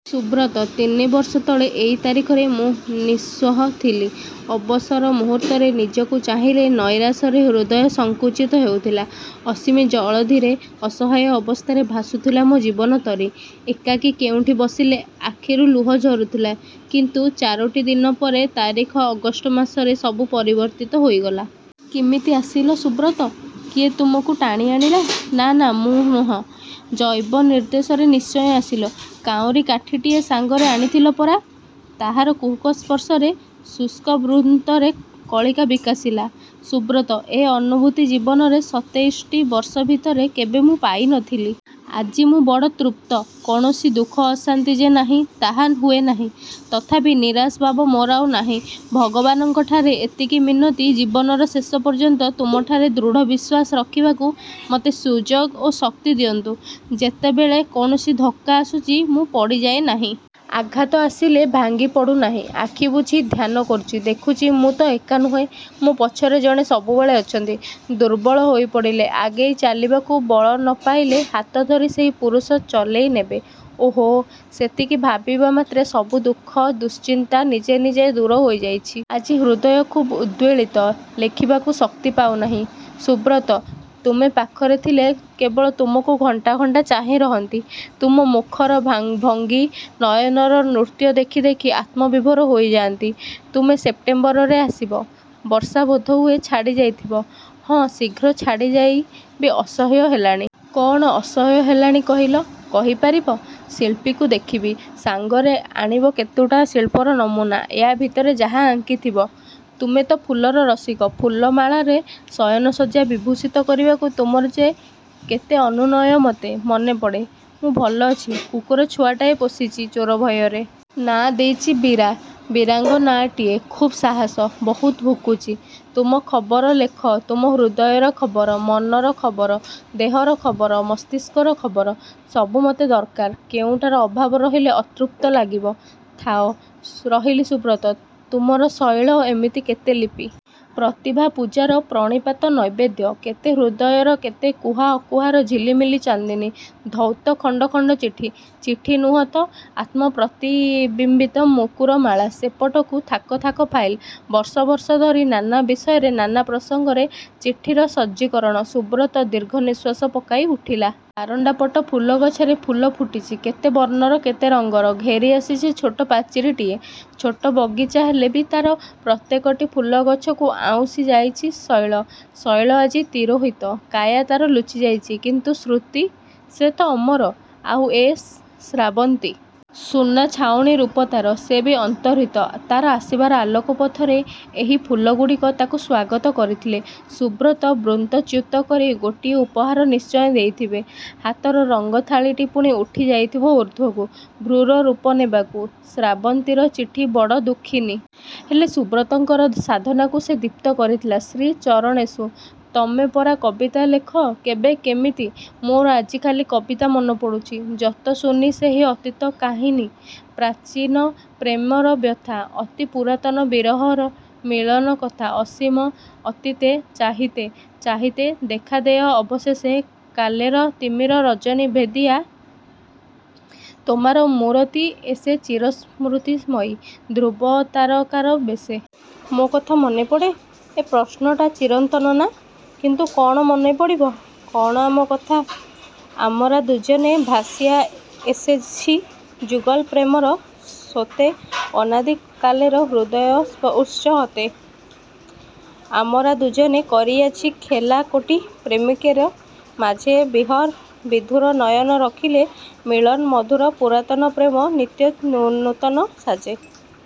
ସୁବ୍ରତ, ତିନିବର୍ଷତଳେ ଏଇ ତାରିଖରେ ମୁଁ ନିଃସ୍ୱ ଥିଲି। ଅବସର ମୁହୂର୍ତ୍ତରେ ନିଜକୁ ଚାହିଁଲେ ନୈରାଶ୍ୟରେ ହୃଦୟ ସଙ୍କୁଚିତ ହେଉଥିଲା ଅସୀମ ଜଳଧିରେ ଅସହାୟ ଅବସ୍ଥାରେ ଭାସୁଥିଲା ମୋ ଜୀବନତରୀ। ଏକାକୀ କେଉଁଠି ବସିଲେ ଆଖିରୁ ଲୁହ ଝରୁଥିଲା; କିନ୍ତୁ ଚାରୋଟି ଦିନ ପରେ, ତାରିଖ ଅଗଷ୍ଟ ମାସରେ ସବୁ ପରିବର୍ତ୍ତିତ ହୋଇଗଲା-। କିମିତି ଆସିଲ ସୁବ୍ରତ? କିଏ ତୁମକୁ ଟାଣି ଆଣିଲା? ନା, ନା, ମୁଁ ନୁହେଁ, ଜୈବ ନିର୍ଦ୍ଦେଶରେ ନିଶ୍ଚୟ ଆସିଲ। କାଉଁରୀକାଠିଟିଏ ସାଙ୍ଗରେ ଆଣିଥିଲ ପରା! ତାହାର କୁହୁକ ସ୍ପର୍ଶରେ ଶୁଷ୍କବୃନ୍ତରେ କଳିକା ବିକଶିଲା। ସୁବ୍ରତ, ଏ ଅନୁଭୂତି ଜୀବନରେ ସତେଇଶଟି ବର୍ଷ ଭିତରେ କେବେ ମୁଁ ପାଇ ନଥିଲି। ଆଜି ମୁଁ ବଡ଼ ତୃପ୍ତ। କୌଣସି ଦୁଃଖ ଅଶାନ୍ତି ଯେ ନାହିଁ, ତାହା ହୁଏନାହିଁ। ତଥାପି ନିରାଶ ଭାବ ମୋର ଆଉ ନାହିଁ। ଭଗବାନଙ୍କଠାରେ ଏତିକି ମିନତି, ଜୀବନର ଶେଷ ପର୍ଯ୍ୟନ୍ତ ତୁମଠାରେ ଦୃଢ଼ବିଶ୍ୱାସ ରଖିବାକୁ ମତେ ସୁଯୋଗ ଓ ଶକ୍ତି ଦିଅନ୍ତୁ। ଯେତେବେଳେ କୌଣସି ଧକ୍କା ଆସୁଛି, ମୁ ପଡ଼ିଯାଇନାହିଁ। ଆଘାତ ଆସିଲେ ଭାଙ୍ଗିପଡ଼ୁନାହିଁ। ଆଖି ବୁଜି ଧ୍ୟାନକରୁଛି। ଦେଖୁଛି ମୁଁ ତ ଏକା ନୁହେଁ,–ମୋ ପଛରେ ଜଣେ ସବୁବେଳେ ଅଛନ୍ତି। ଦୁର୍ବଳ ହୋଇପଡ଼ିଲେ, ଆଗେଇ ଚାଲିବାକୁ ବଳ ନ ପାଇଲେ, ହାତ ଧରି ସେହି ପୁରୁଷ ଚଲେଇନେବେ। ଓଃ, ସେତିକି ଭାବିବା ମାତ୍ରେ ସବୁ ଦୁଃଖ ଦୁଶ୍ଚିନ୍ତା ନିଜେ ନିଜେ ଦୂର ହୋଇଯାଇଛି। ଆଜି ହୃଦୟ ଖୁବ୍ ଉଦ୍ବେଳିତ। ଲେଖିବାକୁ ଶକ୍ତି ପାଉନାହିଁ। ସୁବ୍ରତ, ତୁମେ ପାଖରେ ଥିଲେ କେବଳ ତୁମକୁ ଘଣ୍ଟା ଘଣ୍ଟା ଚାହିଁ ରହନ୍ତି। ତୁମ ମୁଖର ଭଙ୍ଗି, ନୟନର ନୃତ୍ୟ ଦେଖିଦେଖି ଆତ୍ମବିଭୋର ହୋଇଯାନ୍ତି। ତୁମେ ସେପ୍ଟେମ୍ଵରରେ ଆସିବ? ବର୍ଷା ବୋଧହୁଏ ଛାଡ଼ିଯାଇଥିବ! ହଁ, ଶୀଘ୍ର ଛାଡ଼ିଯାଇ ବି ଅସହ୍ୟ ହେଲାଣି। କଅଣ ଅସହ୍ୟ ହେଲାଣି କହିଲ? କହିପାରିବ? ଶିଳ୍ପୀକୁ ଦେଖିବି, ସାଙ୍ଗରେ ଆଣିବ କେତୁଟା ଶିଳ୍ପର ନମୁନା-ୟା ଭିତରେ ଯାହା ଆଙ୍କିଥିବ। ତୁମେ ତ ଫୁଲର ରସିକ। ଫୁଲମାଳାରେ ଶୟନଶଯ୍ୟା ବିଭୂଷିତ କରିବାକୁ ତୁମର ଯେ କେତେ ଅନୁନୟ ମତେ… ମନେପଡ଼େ? ମୁଁ ଭଲଅଛି। କୁକୁର ଛୁଆଟାଏ ପୋଷିଛି ଚୋରଭୟରେ। ନାଁ ଦେଇଛି 'ବୀରା'। ବୀରାଙ୍ଗନାଟିଏ। ଖୁବ୍ ସାହସ। ବହୁତ ଭୁକୁଛି। ତୁମ ଖବର ଲେଖ–ତୁମ ହୃଦୟର ଖବର, ମନର ଖବର, ଦେହର ଖବର, ମସ୍ତିଷ୍କର ଖବର। ସବୁ ମତେ ଦରକାର। କେଉଁଟାର ଅଭାବ ରହିଗଲେ ଅତୃପ୍ତ ଲାଗିବ। ଥାଅ, ରହିଲି ସୁବ୍ରତ… ତୁମର ଶୈଳ ଏମିତି କେତେ ଲିପି। ପ୍ରତିଭା–ପୂଜାର ପ୍ରଣିପାତ ନୈବେଦ୍ୟ, କେତେ ହୃଦୟର କେତେ କୁହା ଅକୁହାର ଝିଲିମିଲି ଚାନ୍ଦିନୀ–ଧୌତ ଖଣ୍ଡ ଖଣ୍ଡ ଚିଠି… ଚିଠି ନୁହଁନ୍ତିତ, ଆତ୍ମପ୍ରତିବିମ୍ବିତ ମୁକୁରମାଳା। ସେପଟକୁ ଥାକ ଥାକ ଫାଇଲ୍। ବର୍ଷବର୍ଷ ଧରି ନାନା ବିଷୟରେ, ନାନା ପ୍ରସଙ୍ଗରେ ଚିଠିର ସଜ୍ଜୀକରଣ। ସୁବ୍ରତ ଦୀର୍ଘଶ୍ୱାସ ପକାଇ ଉଠିଲା। ବାରଣ୍ଡାପଟ ଫୁଲଗଛରେ ଫୁଲ ଫୁଟିଛି-କେତେ ବର୍ଣ୍ଣର କେତେ ରଙ୍ଗର। ଘେରିଆସିଛି ଛୋଟ ପାଚିରୀଟିଏ। ଛୋଟ ବଗିଚା ହେଲେ ବି ତାର ପ୍ରତ୍ୟେକଟି ଫୁଲଗଛକୁ ଆଉଁଷି ଯାଇଛି ଶୈଳ। ଶୈଳ ଆଜି ତିରୋହିତ, କାୟା ତାର ଲୁଚିଯାଇଛି-କିନ୍ତୁ ସୃତି… ସେ ତ ଅମର। ଆଉ ଏ ଶ୍ରାବନ୍ତୀ। ସୁନା ଛାଉଣୀ ରୂପ ତାର… ସେ ବି ଅନ୍ତର୍ହିତ। ତାର ଆସିବାର ଆଲୋକ ପଥରେ ଏଇ ଫୁଲଗୁଡ଼ିକ ତାକୁ ସ୍ୱାଗତ କରିଥିଲେ। ସୁବ୍ରତ ବୃନ୍ତଚ୍ୟୁତ କରି ଗୋଟିଏ ଉପହାର ନିଶ୍ଚୟ ଦେଇଥିବେ। ହାତର ରଙ୍ଗଥାଳିଟି ପୁଣି ଉଠି ଯାଇଥିବ ଊର୍ଦ୍ଧ୍ୱକୁ, ଭ୍ରୂର ରୂପନେବାକୁ… ଶ୍ରାବନ୍ତୀର ଚିଠି… ବଡ଼ ଦୁଃଖିନୀ। ହେଲେ ସୁବ୍ରତଙ୍କର ସାଧନାକୁ ସେ ଦୀପ୍ତ କରିଥିଲା। ଶ୍ରୀଚରଣେଷୁ, ତମେ ପରା କବିତା ଲେଖ କେବେ କେମିତି? ମୋର ଆଜି ଖାଲି କବିତା ମନେପଡ଼ୁଛି। "ଯତ ଶୁନି ସେଇ ଅତୀତ କାହିନୀ, ପ୍ରାଚୀନ ପ୍ରେମେର ବ୍ୟଥା, ଅତି ପୁରାତନ ବିରହ ମିଲନ କଥା, ଅସୀମ ଅତୀତେ ଚାହିତେ ଚାହିତେ ଦେଖାଦେୟ ଅବଶେଷେ… କାଲେର ତିମିର ରଜନୀ ଭେଦିୟା ତୋମାର ମୂରତି ଏସେ ଚିରସୃତିମୟୀ ଧ୍ରୁବତାରକାର ବେଶେ। " ମୋ କଥା ମନେପଡ଼େ? ଏ ପ୍ରଶ୍ନଟା ଚିରନ୍ତନ, ନା? କିନ୍ତୁ କଅଣ ମନେପଡ଼ିବ? କଅଣ ଆମ କଥା? "ଆମରା ଦୁଜନେ ଭାସିଆ ଏସେଛି ଯୁଗଲ ପ୍ରେମର ସୋତେ ଅନାଦି କାଲେର ହୃଦୟ-ଉତ୍ସ ହତେ। ଆମରା ଦୁଜନେ କରିୟାଛି ଖେଲା କୋଟି ପ୍ରେମିକେର ମାଝେ ବିହର ବିଧୁର ନୟନ ରଖିଲେ, ମିଳନ ମଧୁର ପୁରାତନ ପ୍ରେମ ନିତ୍ୟନୂତନ ସାଜେ॥